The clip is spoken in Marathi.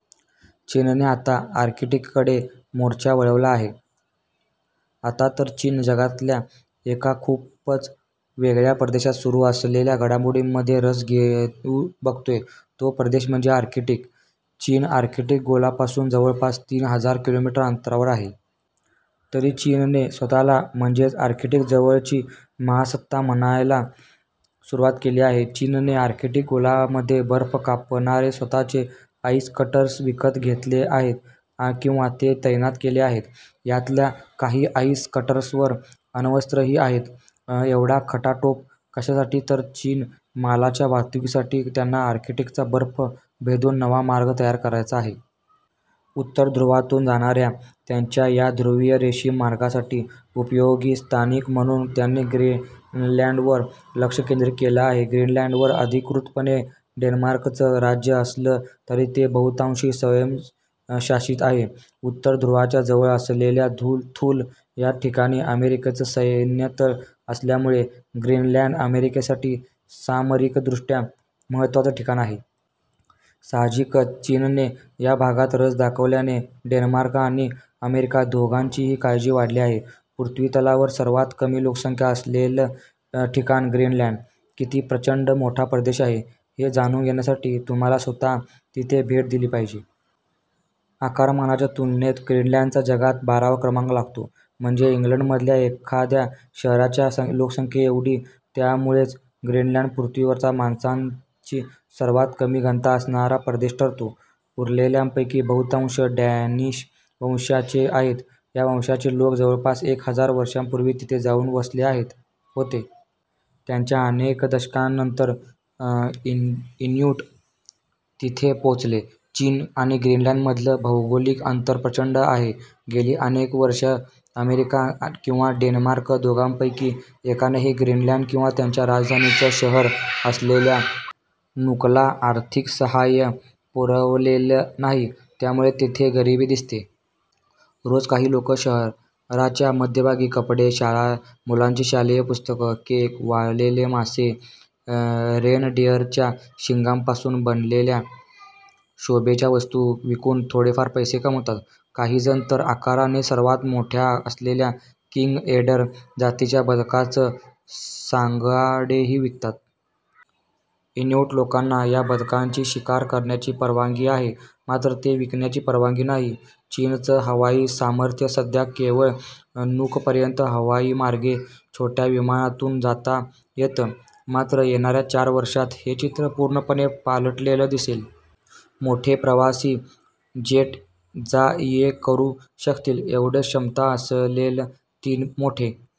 चीनने आता आर्क्टिककडे मोर्चा वळवला आहे. आता तर चीन जगातल्या एका खूपच वेगळ्या प्रदेशात सुरू असलेल्या घडामोडींमध्ये रस घेऊ बघतोय, तो प्रदेश म्हणजे आर्क्टिक. चीन आर्टिक्ट गोलापासून जवळपास तीन हजार किलोमीटर अंतरावर आहे. तरी चीनने स्वतःला म्हणजेच आर्क्टिकजवळची महासत्ता म्हणायला सुरुवात केली आहे. चीनने आर्क्टिक गोलामध्ये बर्फ कापणारे स्वतःचे आईस कटर्स विकत घेतले आहेत किंवा ते तैनात केले आहेत. यातल्या काही आईस कटर्सवर अण्वस्त्रही आहेत. एवढा खटाटोप कशासाठी तर चीनी मालाच्या वाहतुकीसाठी त्यांना आर्क्टिकचा बर्फ भेदून नवा मार्ग तयार करायचा आहे. उत्तर ध्रुवातून जाणाऱ्या त्यांच्या या ध्रुवीय रेशीम मार्गासाठी उपयोगी स्थानक म्हणून त्यांनी ग्रीनलँडवर लक्ष केंद्रित केलं आहे. ग्रीनलँडवर अधिकृतपणे डेन्मार्कचं राज्य असलं तरी ते बहुतांशी स्वयंशासित आहे. उत्तर ध्रुवाच्या जवळ असलेल्या थूल या ठिकाणी अमेरिकेचं सैन्यतळ असल्यामुळे ग्रीनलँड अमेरिकेसाठी सामरिकदृष्ट्या महत्त्वाचं ठिकाण आहे. साहजिकच चीनने या भागात रस दाखवल्याने डेन्मार्क आणि अमेरिका दोघांचीही काळजी वाढली आहे. पृथ्वीतलावर सर्वात कमी लोकसंख्या असलेलं ठिकाण ग्रीनलँड किती प्रचंड मोठा प्रदेश आहे, हे जाणून घेण्यासाठी तुम्हाला स्वतः तिथे भेट दिली पाहिजे. आकारमानाच्या तुलनेत ग्रीनलँडचा जगात बारावा क्रमांक लागतो. म्हणजे इंग्लंडमधल्या एखाद्या शहराच्या लोकसंख्येएवढी. त्यामुळेच ग्रीनलँड पृथ्वीवरचा माणसांची सर्वात कमी घनता असणारा प्रदेश ठरतो. उरलेल्यांपैकी बहुतांश डॅनिश वंशाचे आहेत. या वंशाचे लोक जवळपास एक हजार वर्षांपूर्वी तिथे जाऊन वसले होते. त्यांच्या अनेक शतकांनंतर इन्यूट तिथे पोहोचले. चीन आणि ग्रीनलँडमधलं भौगोलिक अंतर प्रचंड आहे. गेली अनेक वर्ष अमेरिका किंवा डेन्मार्क दोघांपैकी एकानेही ग्रीनलँड किंवा त्यांच्या राजधानीचं शहर असलेल्या नूकला आर्थिक सहाय्य पुरवलेलं नाही. त्यामुळे तिथे गरिबी दिसते. रोज काही लोक शहराच्या मध्यभागी कपडे, मुलांची शालेय पुस्तकं, केक, वाळवलेले मासे, रेनडिअरच्या शिंगांपासून बनवलेल्या शोभेच्या वस्तू विकून थोडेफार पैसे कमवतात. काहीजण तर आकाराने सर्वात मोठ्या असलेल्या किंग एडर जातीच्या बदकांचे सांगाडेही विकतात. इन्यूट लोकांना या बदकांची शिकार करण्याची परवानगी आहे. मात्र ते विकण्याची परवानगी नाही. चीनचं हवाई सामर्थ्य सध्या केवळ नूकपर्यंत हवाईमार्गे छोट्या विमानांतून जाता येतं. मात्र येणाऱ्या चार वर्षांत हे चित्र पूर्णपणे पालटलेलं दिसेल. मोठे प्रवासी जेट जा ये करू शकतील, एवढी क्षमता असलेले तीन मोठे